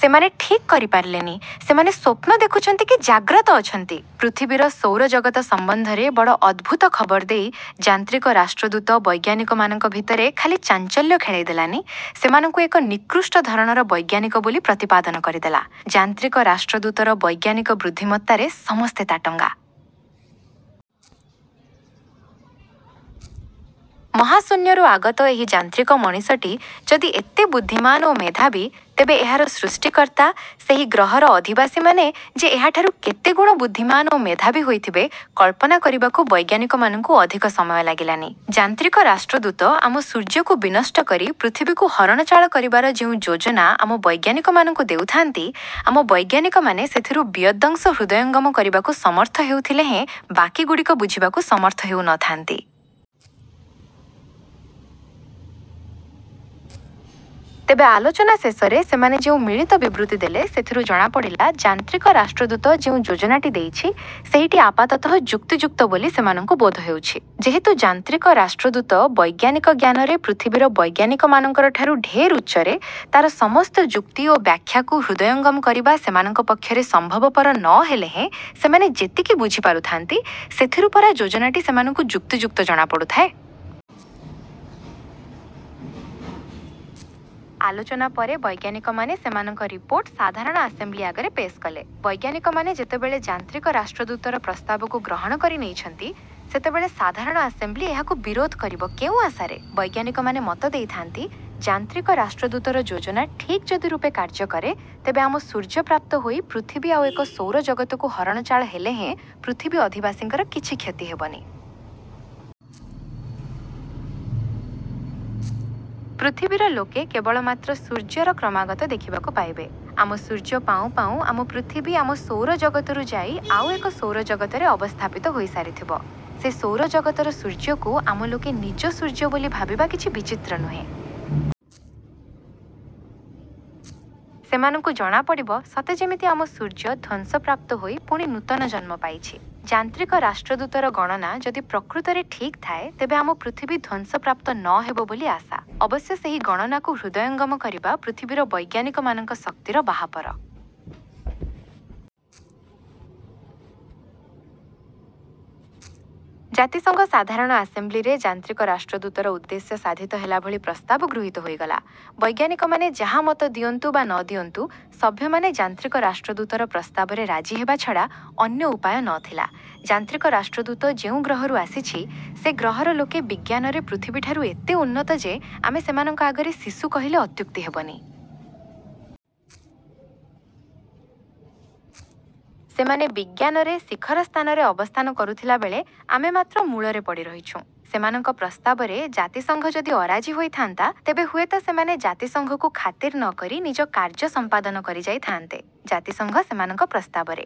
ସେମାନେ ଠିକ୍ କରିପାରିଲେନି, ସେମାନେ ସ୍ୱପ୍ନ ଦେଖୁଛନ୍ତି କି ଜାଗ୍ରତ ଅଛନ୍ତି! ପୃଥିବୀର ସୌରଜଗତ ସମ୍ବନ୍ଧରେ ବଡ଼ ଅଦ୍ଭୁତ ଖବର ଦେଇ ଯାନ୍ତ୍ରିକ ରାଷ୍ଟ୍ରଦୂତ ବୈଜ୍ଞାନିକମାନଙ୍କ ଭିତରେ ଖାଲି ଚାଞ୍ଚଲ୍ୟ ଖେଳାଇଦେଲାନି, ସେମାନଙ୍କୁ ଏକ ନିକୃଷ୍ଟ ଧରଣର ବୈଜ୍ଞାନିକ ବୋଲି ପ୍ରତିପାଦନ କରିଦେଲା। ଯାନ୍ତ୍ରିକ ରାଷ୍ଟ୍ରଦୂତର ବୈଜ୍ଞାନିକ ବୃଦ୍ଧିମତ୍ତାରେ ସମସ୍ତେ ତାଟଙ୍ଗା। ମହାଶୂନ୍ୟରୁ ଆଗତ ଏହି ଯାନ୍ତ୍ରିକ ମଣିଷଟି ଯଦି ଏତେ ବୁଦ୍ଧିମାନ ଓ ମେଧାବୀ ତେବେ ଏହାର ସୃଷ୍ଟିକର୍ତ୍ତା, ସେହି ଗ୍ରହର ଅଧିବାସୀମାନେ ଯେ ଏହାଠାରୁ କେତେ ଗୁଣ ବୁଦ୍ଧିମାନ ଓ ମେଧାବୀ ହୋଇଥିବେ କଳ୍ପନା କରିବାକୁ ବୈଜ୍ଞାନିକମାନଙ୍କୁ ଅଧିକ ସମୟ ଲାଗିଲାନି। ଯାନ୍ତ୍ରିକ ରାଷ୍ଟ୍ରଦୂତ ଆମ ସୂର୍ଯ୍ୟକୁ ବିନଷ୍ଟ କରି ପୃଥିବୀକୁ ହରଣଚାଳ କରିବାର ଯେଉଁ ଯୋଜନା ଆମ ବୈଜ୍ଞାନିକମାନଙ୍କୁ ଦେଉଥାନ୍ତି, ଆମ ବୈଜ୍ଞାନିକମାନେ ସେଥିରୁ ବିୟଦ୍ଦଂଶ ହୃଦୟଙ୍ଗମ କରିବାକୁ ସମର୍ଥ ହେଉ ଥିଲେହେଁ ବାକିଗୁଡ଼ିକ ବୁଝିବାକୁ ସମର୍ଥ ହେଉ ନ ଥାନ୍ତି। ତେବେ ଆଲୋଚନା ଶେଷରେ ସେମାନେ ଯେଉଁ ମିଳିତ ବିବୃତି ଦେଲେ ସେଥିରୁ ଜଣାପଡ଼ିଲା ଯାନ୍ତ୍ରିକ ରାଷ୍ଟ୍ରଦୂତ ଯେଉଁ ଯୋଜନାଟି ଦେଇଛି, ସେହିଟି ଆପାତତଃ ଯୁକ୍ତିଯୁକ୍ତ ବୋଲି ସେମାନଙ୍କୁ ବୋଧହେଉଛି। ଯେହେତୁ ଯାନ୍ତ୍ରିକ ରାଷ୍ଟ୍ରଦୂତ ବୈଜ୍ଞାନିକ ଜ୍ଞାନରେ ପୃଥିବୀର ବୈଜ୍ଞାନିକମାନଙ୍କରଠାରୁ ଢେର ଉଚ୍ଚରେ, ତାର ସମସ୍ତ ଯୁକ୍ତି ଓ ବ୍ୟାଖ୍ୟାକୁ ହୃଦୟଙ୍ଗମ କରିବା ସେମାନଙ୍କ ପକ୍ଷରେ ସମ୍ଭବପର ନ ହେଲେହେଁ ସେମାନେ ଯେତିକି ବୁଝି ପାରୁଥାନ୍ତି, ସେଥିରୁ ପରା ଯୋଜନାଟି ସେମାନଙ୍କୁ ଯୁକ୍ତିଯୁକ୍ତ ଜଣାପଡ଼ୁଥାଏ। ଆଲୋଚନା ପରେ ବୈଜ୍ଞାନିକମାନେ ସେମାନଙ୍କ ରିପୋର୍ଟ ସାଧାରଣ ଆସେମ୍ବ୍ଲି ଆଗରେ ପେଶ୍ କଲେ। ବୈଜ୍ଞାନିକମାନେ ଯେତେବେଳେ ଯାନ୍ତ୍ରିକ ରାଷ୍ଟ୍ରଦୂତର ପ୍ରସ୍ତାବକୁ ଗ୍ରହଣ କରି ନେଇଛନ୍ତି, ସେତେବେଳେ ସାଧାରଣ ଆସେମ୍ବ୍ଲି ଏହାକୁ ବିରୋଧ କରିବ କେଉଁ ଆଶାରେ! ବୈଜ୍ଞାନିକମାନେ ମତ ଦେଇଥାନ୍ତି, ଯାନ୍ତ୍ରିକ ରାଷ୍ଟ୍ରଦୂତର ଯୋଜନା ଠିକ୍ ଯଦି ରୂପେ କାର୍ଯ୍ୟ କରେ, ତେବେ ଆମ ସୂର୍ଯ୍ୟ ପ୍ରାପ୍ତ ହୋଇ ପୃଥିବୀ ଆଉ ଏକ ସୌରଜଗତକୁ ହରଣଚାଳ ହେଲେହେଁ ପୃଥିବୀ ଅଧିବାସୀଙ୍କର କିଛି କ୍ଷତି ହେବନି। ପୃଥିବୀର ଲୋକେ କେବଳ ମାତ୍ର ସୂର୍ଯ୍ୟର କ୍ରମାଗତ ଦେଖିବାକୁ ପାଇବେ। ଆମ ସୂର୍ଯ୍ୟ ପାଉଁ ପାଉଁ ଆମ ପୃଥିବୀ ଆମ ସୌରଜଗତରୁ ଯାଇ ଆଉ ଏକ ସୌରଜଗତରେ ଅବସ୍ଥାପିତ ହୋଇ ସାରିଥିବ। ସେ ସୌରଜଗତର ସୂର୍ଯ୍ୟକୁ ଆମ ଲୋକେ ନିଜ ସୂର୍ଯ୍ୟ ବୋଲି ଭାବିବା କିଛି ବିଚିତ୍ର ନୁହେଁ। ସେମାନଙ୍କୁ ଜଣାପଡ଼ିବ ସତେ ଯେମିତି ଆମ ସୂର୍ଯ୍ୟ ଧ୍ୱଂସ ପ୍ରାପ୍ତ ହୋଇ ପୁଣି ନୂତନ ଜନ୍ମ ପାଇଛି। ଯାନ୍ତ୍ରିକ ରାଷ୍ଟ୍ରଦୂତର ଗଣନା ଯଦି ପ୍ରକୃତରେ ଠିକ୍ ଥାଏ ତେବେ ଆମ ପୃଥିବୀ ଧ୍ୱଂସ ପ୍ରାପ୍ତ ନ ହେବ ବୋଲି ଆଶା। ଅବଶ୍ୟ ସେହି ଗଣନାକୁ ହୃଦୟଙ୍ଗମ କରିବା ପୃଥିବୀର ବୈଜ୍ଞାନିକମାନଙ୍କ ଶକ୍ତିର ବାହାପର। ଜାତିସଂଘ ସାଧାରଣ ଆସେମ୍ବ୍ଲିରେ ଯାନ୍ତ୍ରିକ ରାଷ୍ଟ୍ରଦୂତର ଉଦ୍ଦେଶ୍ୟ ସାଧିତ ହେଲାଭଳି ପ୍ରସ୍ତାବ ଗୃହୀତ ହୋଇଗଲା। ବୈଜ୍ଞାନିକମାନେ ଯାହା ମତ ଦିଅନ୍ତୁ ବା ନ ଦିଅନ୍ତୁ ସଭ୍ୟମାନେ ଯାନ୍ତ୍ରିକ ରାଷ୍ଟ୍ରଦୂତର ପ୍ରସ୍ତାବରେ ରାଜି ହେବା ଛଡ଼ା। ଅନ୍ୟ ଉପାୟ ନ ଥିଲା। ଯାନ୍ତ୍ରିକ ରାଷ୍ଟ୍ରଦୂତ ଯେଉଁ ଗ୍ରହରୁ ଆସିଛି, ସେ ଗ୍ରହର ଲୋକେ ବିଜ୍ଞାନରେ ପୃଥିବୀଠାରୁ ଏତେ ଉନ୍ନତ ଯେ ଆମେ ସେମାନଙ୍କ ଆଗରେ ଶିଶୁ କହିଲେ ଅତ୍ୟୁକ୍ତି ହେବନି। ସେମାନେ ବିଜ୍ଞାନରେ ଶିଖର ସ୍ଥାନରେ ଅବସ୍ଥାନ କରୁଥିଲାବେଳେ ଆମେ ମାତ୍ର ମୂଳରେ ପଡ଼ି ରହିଛୁଁ। ସେମାନଙ୍କ ପ୍ରସ୍ତାବରେ ଜାତିସଂଘ ଯଦି ଅରାଜି ହୋଇଥାନ୍ତା ତେବେ ହୁଏତ ସେମାନେ ଜାତିସଂଘକୁ ଖାତିର ନ କରି ନିଜ କାର୍ଯ୍ୟ ସଂପାଦନ କରି ଯାଇ ଥାଆନ୍ତେ। ଜାତିସଂଘ ସେମାନଙ୍କ ପ୍ରସ୍ତାବରେ